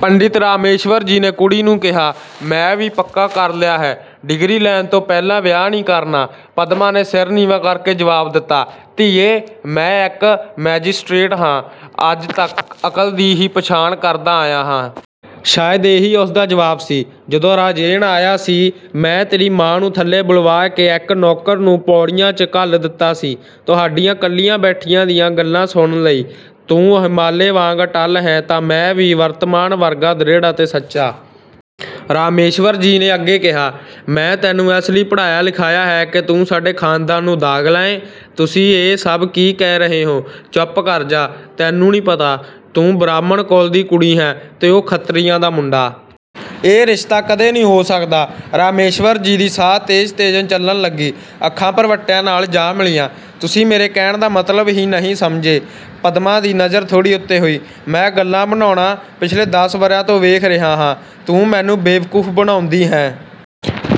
ਪੰਡਿਤ ਰਾਮੇਸ਼੍ਵਰ ਜੀ ਨੇ ਕੁੜੀ ਨੂੰ ਕਿਹਾ, "ਮੈਂ ਵੀ ਪੱਕਾ ਕਰ ਲਿਆ ਹੈ, ਡਿਗਰੀ ਲੈਣ ਤੋਂ ਪਹਿਲਾਂ ਵਿਆਹ ਨਹੀਂ ਕਰਨਾ।" ਪਦਮਾ ਨੇ ਸਿਰ ਨੀਵਾਂ ਕਰਕੇ ਜਵਾਬ ਦਿੱਤਾ। "ਧੀਏ, ਮੈਂ ਇੱਕ ਮੈਜਿਸਟ੍ਰੇਟ ਹਾਂ, ਅੱਜ ਤੱਕ ਅਕਲ ਦੀ ਹੀ ਪਛਾਣ ਕਰਦਾ ਆਇਆ ਹਾਂ। ਸ਼ਾਇਦ ਇਹੀ ਉਸਦਾ ਜਵਾਬ ਸੀ! "ਜਦੋਂ ਰਾਜੇਨ ਆਇਆ ਸੀ ਮੈਂ ਤੇਰੀ ਮਾਂ ਨੂੰ ਥੱਲੇ ਬੁਲਵਾ ਕੇ ਇੱਕ ਨੌਕਰ ਨੂੰ ਪੌੜੀਆਂ 'ਚ ਘੱਲ ਦਿੱਤਾ ਸੀ, ਤੁਹਾਡੀਆਂ ਕੱਲੀਆਂ ਬੈਠਿਆਂ ਦੀਆਂ ਗੱਲਾਂ ਸੁਣਨ ਲਈ। ਤੂੰ ਹਿਮਾਲੇ ਵਾਂਗ ਅਟੱਲ ਹੈਂ ਤਾਂ ਮੈਂ ਵੀ ਵਰਤਮਾਨ ਵਰਗਾ ਦ੍ਰਿੜ੍ਹ ਅਤੇ ਸੱਚਾ।" ਰਾਮੇਸ਼੍ਵਰ ਜੀ ਨੇ ਅੱਗੇ ਕਿਹਾ, "ਮੈਂ ਤੈਨੂੰ ਇਸ ਲਈ ਪੜ੍ਹਾਇਆ-ਲਿਖਾਇਆ ਹੈ ਕਿ ਤੂੰ ਸਾਡੇ ਖਾਨਦਾਨ ਨੂੰ ਦਾਗ ਲਾਏਂ?" "ਤੁਸੀਂ ਇਹ ਸਭ ਕੀ ਕਹਿ ਰਹੇ ਹੋ?" "ਚੁੱਪ ਕਰ ਜਾ! ਤੈਨੂੰ ਨਹੀਂ ਪਤਾ? ਤੂੰ ਬ੍ਰਾਹਮਣ ਕੁਲ ਦੀ ਕੁੜੀ ਹੈਂ 'ਤੇ ਉਹ ਖੱਤਰੀਆਂ ਦਾ ਮੁੰਡਾ। ਇਹ ਰਿਸ਼ਤਾ ਕਦੇ ਨਹੀਂ ਹੋ ਸਕਦਾ!" ਰਾਮੇਸ਼੍ਵਰ ਜੀ ਦੀ ਸਾਹ ਤੇਜ਼-ਤੇਜ਼ ਚੱਲਣ ਲੱਗੀ, ਅੱਖਾਂ ਭਰਵੱਟਿਆਂ ਨਾਲ਼ ਜਾ ਮਿਲੀਆਂ। "ਤੁਸੀਂ ਮੇਰੇ ਕਹਿਣ ਦਾ ਮਤਲਬ ਹੀ ਨਹੀਂ ਸਮਝੇ।" ਪਦਮਾ ਦੀ ਨਜ਼ਰ ਥੋੜ੍ਹੀ ਉੱਤੇ ਹੋਈ। "ਮੈਂ ਗੱਲਾਂ ਬਣਾਉਣਾ ਪਿੱਛਲੇ ਦੱਸ ਵਰ੍ਹਿਆਂ ਤੋਂ ਵੇਖ ਰਿਹਾ ਹਾਂ, ਤੂੰ ਮੈਨੂੰ ਬੇਵਕੂਫ਼ ਬਣਾਉਂਦੀ ਹੈਂ?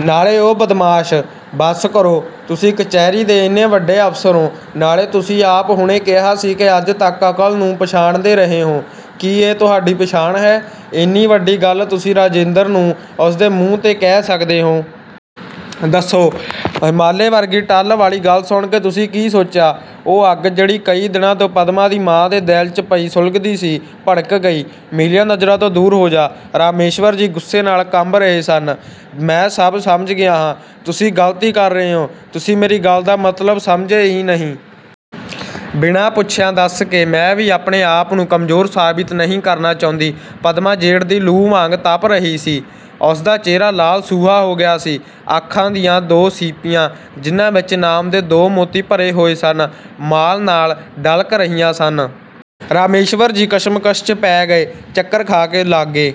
ਨਾਲੇ ਉਹ ਬਦਮਾਸ਼" "ਬੱਸ ਕਰੋ, ਤੁਸੀਂ ਕਚਹਿਰੀ ਦੇ ਇੰਨੇ ਵੱਡੇ ਅਫ਼ਸਰ ਹੋ। ਨਾਲੇ ਤੁਸੀਂ ਆਪ ਹੁਣੇ ਕਿਹਾ ਸੀ ਕਿ ਅੱਜ ਤੱਕ ਅਕਲ ਨੂੰ ਪਛਾਣਦੇ ਰਹੇ ਹੋ, ਕੀ ਇਹੀ ਤੁਹਾਡੀ ਪਛਾਣ ਹੈ? ਇੰਨੀ ਵੱਡੀ ਗੱਲ ਤੁਸੀਂ ਰਾਜੇਂਦਰ ਨੂੰ, ਉਸਦੇ ਮੂੰਹ 'ਤੇ ਕਹਿ ਸਕਦੇ ਹੋ? ਦੱਸੋ! ਹਿਮਾਲੇ ਵਰਗੀ ਅਟੱਲ ਵਾਲੀ ਗੱਲ ਸੁਣ ਕੇ ਤੁਸੀਂ ਕੀ ਸੋਚਿਆ?" ਉਹ ਅੱਗ ਜਿਹੜੀ ਕਈ ਦਿਨਾਂ ਤੋਂ ਪਦਮਾ ਦੀ ਮਾਂ ਦੇ ਦਿਲ 'ਚ ਪਈ ਸੁਲਗਦੀ ਸੀ, ਭੜਕ ਗਈ! "ਮੇਰੀਆਂ ਨਜ਼ਰਾਂ ਤੋਂ ਦੂਰ ਹੋ ਜਾ," ਰਾਮੇਸ਼੍ਵਰ ਜੀ ਗੁੱਸੇ ਨਾਲ਼ ਕੰਬ ਰਹੇ ਸਨ, "ਮੈਂ ਸਭ ਸਮਝ ਗਿਆ ਹਾ" "ਤੁਸੀਂ ਗ਼ਲਤੀ ਕਰ ਰਹੇ ਹੋ, ਤੁਸੀਂ ਮੇਰੀ ਗੱਲ ਦਾ ਮਤਲਬ ਸਮਝੇ ਹੀ ਨਹੀਂ। ਬਿਨਾ ਪੁੱਛਿਆਂ ਦੱਸ ਕੇ ਮੈਂ ਵੀ ਆਪਣੇ-ਆਪ ਨੂੰ ਕਮਜ਼ੋਰ ਸਾਬਿਤ ਨਹੀਂ ਕਰਨਾ ਚਾਹੁੰਦੀ।" ਪਦਮਾ ਜੇਠ ਦੀ ਲੂ ਵਾਂਗ ਤੱਪ ਰਹੀ ਸੀ, ਉਸਦਾ ਚਿਹਰਾ ਲਾਲ-ਸੂਹਾ ਹੋ ਗਿਆ ਸੀ। ਅੱਖਾਂ ਦੀਆਂ ਦੋ ਸੀਪੀਆਂ, ਜਿਨ੍ਹਾਂ ਵਿੱਚ ਇਨਾਮ ਦੇ ਦੋ ਮੋਤੀ ਭਰੇ ਹੋਏ ਸਨ, ਮਾਣ ਨਾਲ਼ ਡਲ੍ਹਕ ਰਹੀਆਂ ਸਨ! ਰਾਮੇਸ਼੍ਵਰ ਜੀ ਕਸ਼ਮਕਸ਼ 'ਚ ਪੈ ਗਏ। ਚੱਕਰ ਖਾ ਕੇ ਲਾਗੇ